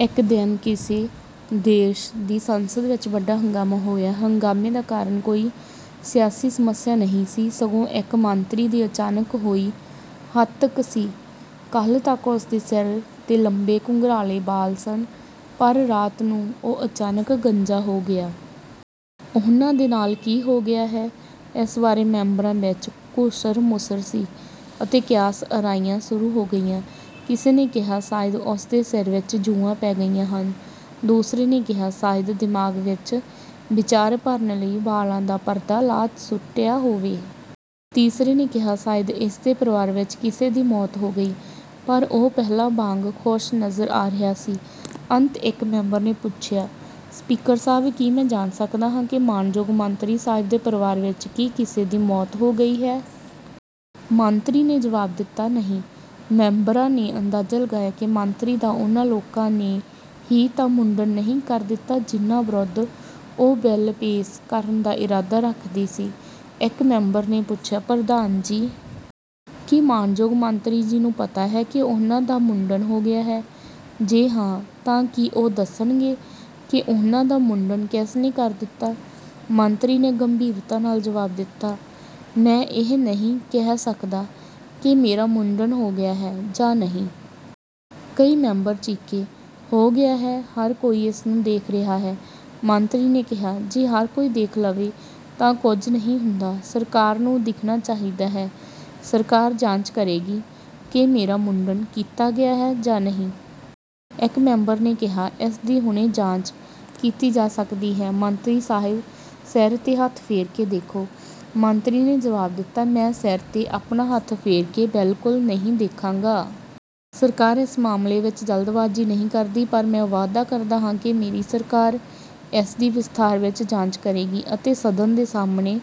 ਇੱਕ ਦਿਨ ਕਿਸੇ ਦੇਸ਼ ਦੀ ਸੰਸਦ ਵਿੱਚ ਵੱਡਾ ਹੰਗਾਮਾ ਹੋਇਆ। ਹੰਗਾਮੇ ਦਾ ਕਾਰਨ ਕੋਈ ਸਿਆਸੀ ਸਮੱਸਿਆ ਨਹੀਂ ਸੀ, ਸਗੋਂ ਇੱਕ ਮੰਤਰੀ ਦੀ ਅਚਾਨਕ ਹੋਈ "ਹੱਤਕ" ਸੀ। ਕੱਲ੍ਹ ਤੱਕ ਉਸ ਦੇ ਸਿਰ 'ਤੇ ਲੰਬੇ ਘੁੰਗਰਾਲੇ ਵਾਲ ਸਨ, ਪਰ ਰਾਤ ਨੂੰ ਉਹ ਅਚਾਨਕ ਗੰਜਾ ਹੋ ਗਿਆ। ਉਨ੍ਹਾਂ ਦੇ ਨਾਲ ਕੀ ਹੋ ਗਿਆ ਹੈ, ਇਸ ਬਾਰੇ ਮੈਂਬਰਾਂ ਵਿੱਚ ਘੁਸਰ-ਮੁਸਰ ਸੀ ਅਤੇ ਕਿਆਸ-ਅਰਾਈਆਂ ਸ਼ੁਰੂ ਹੋ ਗਈਆਂ। ਕਿਸੇ ਨੇ ਕਿਹਾ, "ਸ਼ਾਇਦ ਉਸ ਦੇ ਸਿਰ ਵਿੱਚ ਜੂੰਆਂ ਪੈ ਗਈਆਂ ਹਨ।" ਦੂਸਰੇ ਨੇ ਕਿਹਾ, "ਸ਼ਾਇਦ ਦਿਮਾਗ ਵਿੱਚ ਵਿਚਾਰ ਭਰਨ ਲਈ ਵਾਲਾਂ ਦਾ ਪਰਦਾ ਲਾਹ ਸੁੱਟਿਆ ਹੋਵੇ।" ਤੀਸਰੇ ਨੇ ਕਿਹਾ, "ਸ਼ਾਇਦ ਇਸ ਦੇ ਪਰਿਵਾਰ ਵਿੱਚ ਕਿਸੇ ਦੀ ਮੌਤ ਹੋ ਗਈ।" ਪਰ ਉਹ ਪਹਿਲਾਂ ਵਾਂਗ ਖੁਸ਼ ਨਜ਼ਰ ਆ ਰਿਹਾ ਸੀ। ਅੰਤ ਇੱਕ ਮੈਂਬਰ ਨੇ ਪੁੱਛਿਆ, "ਸਪੀਕਰ ਸਾਹਬ! ਕੀ ਮੈਂ ਜਾਣ ਸਕਦਾ ਹਾਂ ਕਿ ਮਾਣਯੋਗ ਮੰਤਰੀ ਸਾਹਿਬ ਦੇ ਪਰਿਵਾਰ ਵਿੱਚ ਕੀ ਕਿਸੇ ਦੀ ਮੌਤ ਹੋ ਗਈ ਹੈ?" ਮੰਤਰੀ ਨੇ ਜਵਾਬ ਦਿੱਤਾ, "ਨਹੀਂ।" ਮੈਂਬਰਾਂ ਨੇ ਅੰਦਾਜਾ ਲਗਾਇਆ ਕਿ ਮੰਤਰੀ ਦਾ ਉਨ੍ਹਾਂ ਲੋਕਾਂ ਨੇ ਹੀ ਤਾਂ ਮੁੰਡਨ ਨਹੀਂ ਕਰ ਦਿੱਤਾ ਜਿਨ੍ਹਾਂ ਵਿਰੁੱਧ ਉਹ ਬਿੱਲ ਪੇਸ਼ ਕਰਨ ਦਾ ਇਰਾਦਾ ਰੱਖਦੇ ਸੀ। ਇਕ ਮੈਂਬਰ ਨੇ ਪੁੱਛਿਆ, "ਪ੍ਰਧਾਨ ਜੀ! ਕੀ ਮਾਣਯੋਗ ਮੰਤਰੀ ਜੀ ਨੂੰ ਪਤਾ ਹੈ ਕਿ ਉਹਨਾਂ ਦਾ ਮੁੰਡਨ ਹੋ ਗਿਆ ਹੈ? ਜੇ ਹਾਂ, ਤਾਂ ਕੀ ਉਹ ਦੱਸਣਗੇ ਕਿ ਉਹਨਾਂ ਦਾ ਮੁੰਡਨ ਕਿਸ ਨੇ ਕਰ ਦਿੱਤਾ?" ਮੰਤਰੀ ਨੇ ਗੰਭੀਰਤਾ ਨਾਲ ਜਵਾਬ ਦਿੱਤਾ, "ਮੈਂ ਇਹ ਨਹੀਂ ਕਹਿ ਸਕਦਾ ਕਿ ਮੇਰਾ ਮੁੰਡਨ ਹੋ ਗਿਆ ਹੈ ਜਾਂ ਨਹੀਂ!" ਕਈ ਮੈਂਬਰ ਚੀਕੇ, "ਹੋ ਗਿਆ ਹੈ! ਹਰ ਕੋਈ ਇਸਨੂੰ ਦੇਖ ਰਿਹਾ ਹੈ।" ਮੰਤਰੀ ਨੇ ਕਿਹਾ, "ਜੇ ਹਰ ਕੋਈ ਦੇਖ ਲਵੇ ਤਾਂ ਕੁੱਝ ਨਹੀਂ ਹੁੰਦਾ। ਸਰਕਾਰ ਨੂੰ ਦਿਖਣਾ ਚਾਹੀਦਾ ਹੈ। ਸਰਕਾਰ ਜਾਂਚ ਕਰੇਗੀ ਕਿ ਮੇਰਾ ਮੁੰਡਨ ਕੀਤਾ ਗਿਆ ਹੈ ਜਾਂ ਨਹੀਂ।" ਇਕ ਮੈਂਬਰ ਨੇ ਕਿਹਾ, "ਇਸ ਦੀ ਹੁਣੇ ਜਾਂਚ ਕੀਤੀ ਜਾ ਸਕਦੀ ਹੈ। ਮੰਤਰੀ ਸਾਹਿਬ, ਸਿਰ 'ਤੇ ਹੱਥ ਫੇਰ ਕੇ ਦੇਖੋ।" ਮੰਤਰੀ ਨੇ ਜਵਾਬ ਦਿੱਤਾ, "ਮੈਂ ਸਿਰ 'ਤੇ ਆਪਣਾ ਹੱਥ ਫੇਰ ਕੇ ਬਿਲਕੁਲ ਨਹੀਂ ਦੇਖਾਂਗਾ। ਸਰਕਾਰ ਇਸ ਮਾਮਲੇ ਵਿੱਚ ਜਲਦਬਾਜ਼ੀ ਨਹੀਂ ਕਰਦੀ। ਪਰ ਮੈਂ ਵਾਅਦਾ ਕਰਦਾ ਹਾਂ ਕਿ ਮੇਰੀ ਸਰਕਾਰ ਇਸ ਦੀ ਵਿਸਥਾਰ ਵਿੱਚ ਜਾਂਚ ਕਰੇਗੀ ਅਤੇ ਸਦਨ ਦੇ ਸਾਹਮਣੇ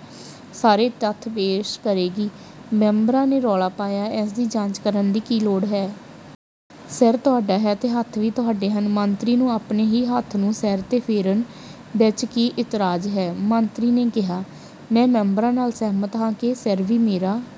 ਸਾਰੇ ਤੱਥ ਪੇਸ਼ ਕਰੇਗੀ।" ਮੈਂਬਰਾਂ ਨੇ ਰੌਲਾ ਪਾਇਆ, "ਇਸ ਦੀ ਜਾਂਚ ਕਰਨ ਦੀ ਕੀ ਲੋੜ ਹੈ? ਸਿਰ ਤੁਹਾਡਾ ਹੈ ਤੇ ਹੱਥ ਵੀ ਤੁਹਾਡੇ ਹਨ। ਮੰਤਰੀ ਨੂੰ ਆਪਣੇ ਹੀ ਹੱਥ ਨੂੰ ਸਿਰ 'ਤੇ ਫੇਰਨ ਵਿੱਚ ਕੀ ਇਤਰਾਜ਼ ਹੈ?" ਮੰਤਰੀ ਨੇ ਕਿਹਾ, "ਮੈਂ ਮੈਂਬਰਾਂ ਨਾਲ ਸਹਿਮਤ ਹਾਂ ਕਿ ਸਿਰ ਵੀ ਮੇਰਾ